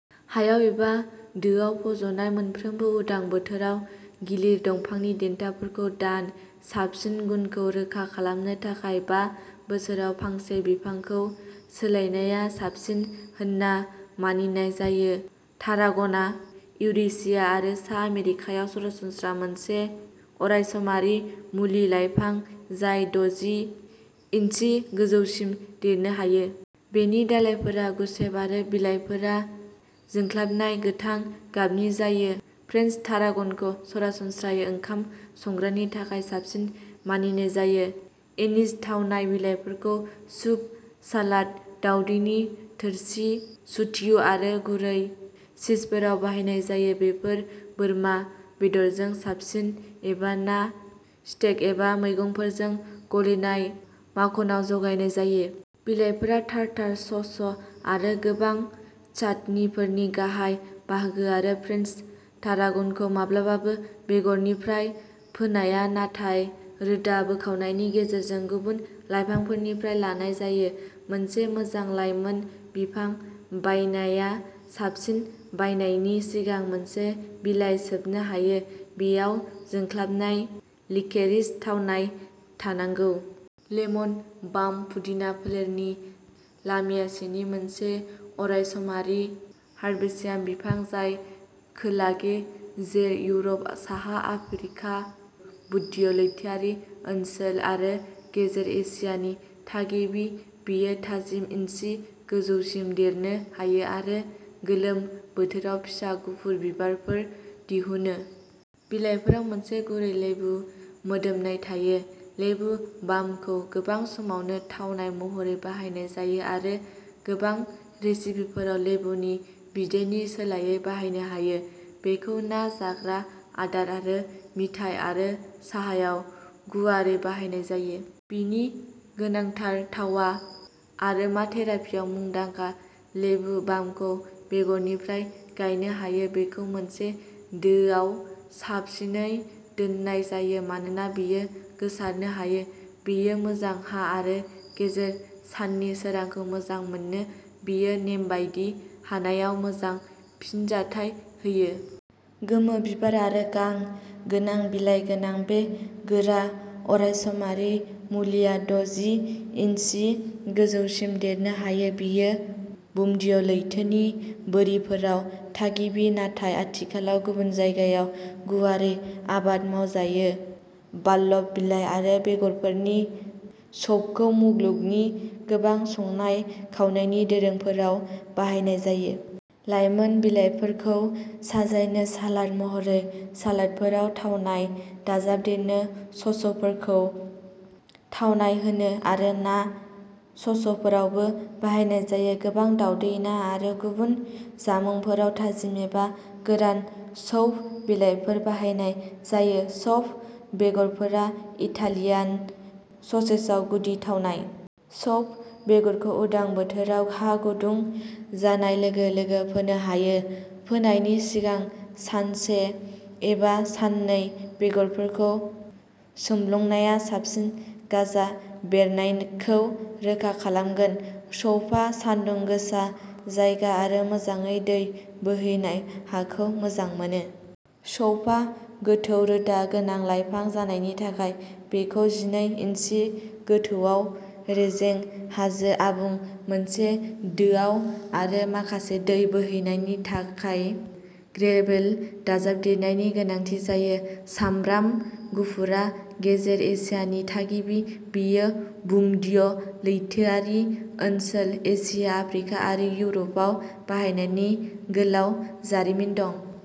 हायाव एबा दोआव फज'नाय, मोनफ्रोमबो उदां बोथोराव गिलिर, दंफांनि देन्थाखौ दान। साबसिन गुनखौ रोखा खालामनो थाखाय बा बोसोराव फांसे बिफांफोरखौ सोलायनाया साबसिन होनना मानिनाय जायो। टारागनआ इउरेशिया आरो सा आमेरिकायाव सरासनस्रा मोनसे अरायसमारि मुलि लाइफां, जाय द'जि इन्सि गोजौसिम देरनो हायो। बेनि दालाइफोरा गुसेब आरो बिलाइफोरा जोंख्लाबनाय गोथां गाबनि जायो। फ्रेन्स टारागनखौ सरासनस्रायै ओंखाम संग्रानि थाखाय साबसिन मानिनाय जायो। एनिज थावनाय बिलाइफोरखौ सुप, सालाद, दावदैनि थोरसि, स्ट्यु आरो गुरै चीजफोराव बाहायनाय जायो। बेफोर बोरमा बेदरजों साबसिन एबा ना, स्टेक एबा मैगंफोरजों गलिनाय माखनआव जगायनाय जायो। बिलाइफोरा टारटार सस आरो गोबां चाटनिफोरनि गाहाय बाहागो जायो। फ्रेन्स टारागनखौ माब्लाबाबो बेगरनिफ्राय फोनाया नाथाय रोदा बोखावनायनि गेजेरजों गुबुन लाइफांफोरनिफ्राय लानाय जायो। मोनसे मोजां लायमोन बिफां बायनाया साबसिन। बायनायनि सिगां मोनसे बिलाइ सोबनो हायो, बेयाव जोंख्लाबनाय लिकेरिस थावनाय थानांगौ। लेमन बाम पुदिना फोलेरनि लामियासिनि मोनसे अरायसमारि हार्बेसियास बिफां, जाय खोलागे जेर इउरप, साहा आफ्रिका, भुमध्य लैथोआरि ओनसोल आरो गेजेर एसियानि थागिबि। बेयो थामजि इन्सि गोजौसिम देरनो हायो आरो गोलोम बोथोराव फिसा गुफुर बिबारफोर दिहुनो। बिलाइफोराव मोनसे गुरै लेबु मोदोमनाय थायो। लेबु बामखौ गोबां समावनो थावनाय महरै बाहायनाय जायो आरो गोबां रेसिपिफोराव लेबुनि बिदैनि सोलायै बाहायनो हायो। बेखौ ना जाग्रा आदार आरो मिथाइ आरो साहायाव गुवारै बाहायनाय जायो। बेनि गोनांथार थावआ अरोमाथेरापियाव मुंदांखा। लेबु बामखौ बेगरनिफ्राय गायनो हायो। बेखौ मोनसे दोआव साबसिनै दोननाय जायो मानोना बेयो गोसारनो हायो। बेयो मोजां हा आरो गेजेर साननि सोरांखौ मोजां मोनो। बेयो नेमबादि हानायाव मोजां फिनजाथाय होयो। गोमो बिबार आरो गां गोनां बिलाइ गोनां बे गोरा, अरायसमारि मुलिया द'जि इन्सि गोजौसिम देरनो हायो। बेयो भुमध्य लैथोनि बोरिफोराव थागिबि नाथाय आथिखालाव गुबुन जायगायाव गुवारै आबाद मावजायो। बाल्ब, बिलाइ आरो बेगरफोरनि सौफखौ मुलुगनि गोबां संनाय खावनायनि दोरोंफोराव बाहायनाय जायो। लायमोन बिलाइफोरखौ साजायनो, सालाद महरै, सालादफोराव थावनाय दाजाबदेरनो, ससफोरखौ थावनाय होनो आरो ना ससफोरावबो बाहायनाय जायो। गोबां दावदै, ना आरो गुबुन जामुंफोराव थाजिम एबा गोरान सौंफ बिलाइफोर बाहायनाय जायो। सौंफ बेगरफोरा इटालियान ससेजआव गुदि थावनाय। सौंफ बेगरखौ उदां बोथोराव हा गुदुं जानाय लोगो लोगो फोनो हायो। फोनायनि सिगां सानसे एबा साननै बेगरफोरखौ सोमब्लंनाया साबसिन गाजा बेरनायखौ रोखा खालामगोन। सौंफआ सानदुं गोसा जायगा आरो मोजाङै दै बोहैनाय हाखौ मोजां मोनो। सौंफआ गोथौ रोदा गोनां लाइफां जानायनि थाखाय बेखौ जिनै इन्सि गोथौआव रेजें हाजो आबुं मोनसे दोआव आरो माखासे दै बोहैनायनि थाखाय ग्रेभेल दाजाबदेरनायनि गोनांथि जायो। सामब्राम गुफुरआ गेजेर एसियानि थागिबि। बेयो भुमध्य लैथोआरि ओनसोल, एसिया, आफ्रिका आरो इउर'पआव बाहायनायनि गोलाव जारिमिन दं।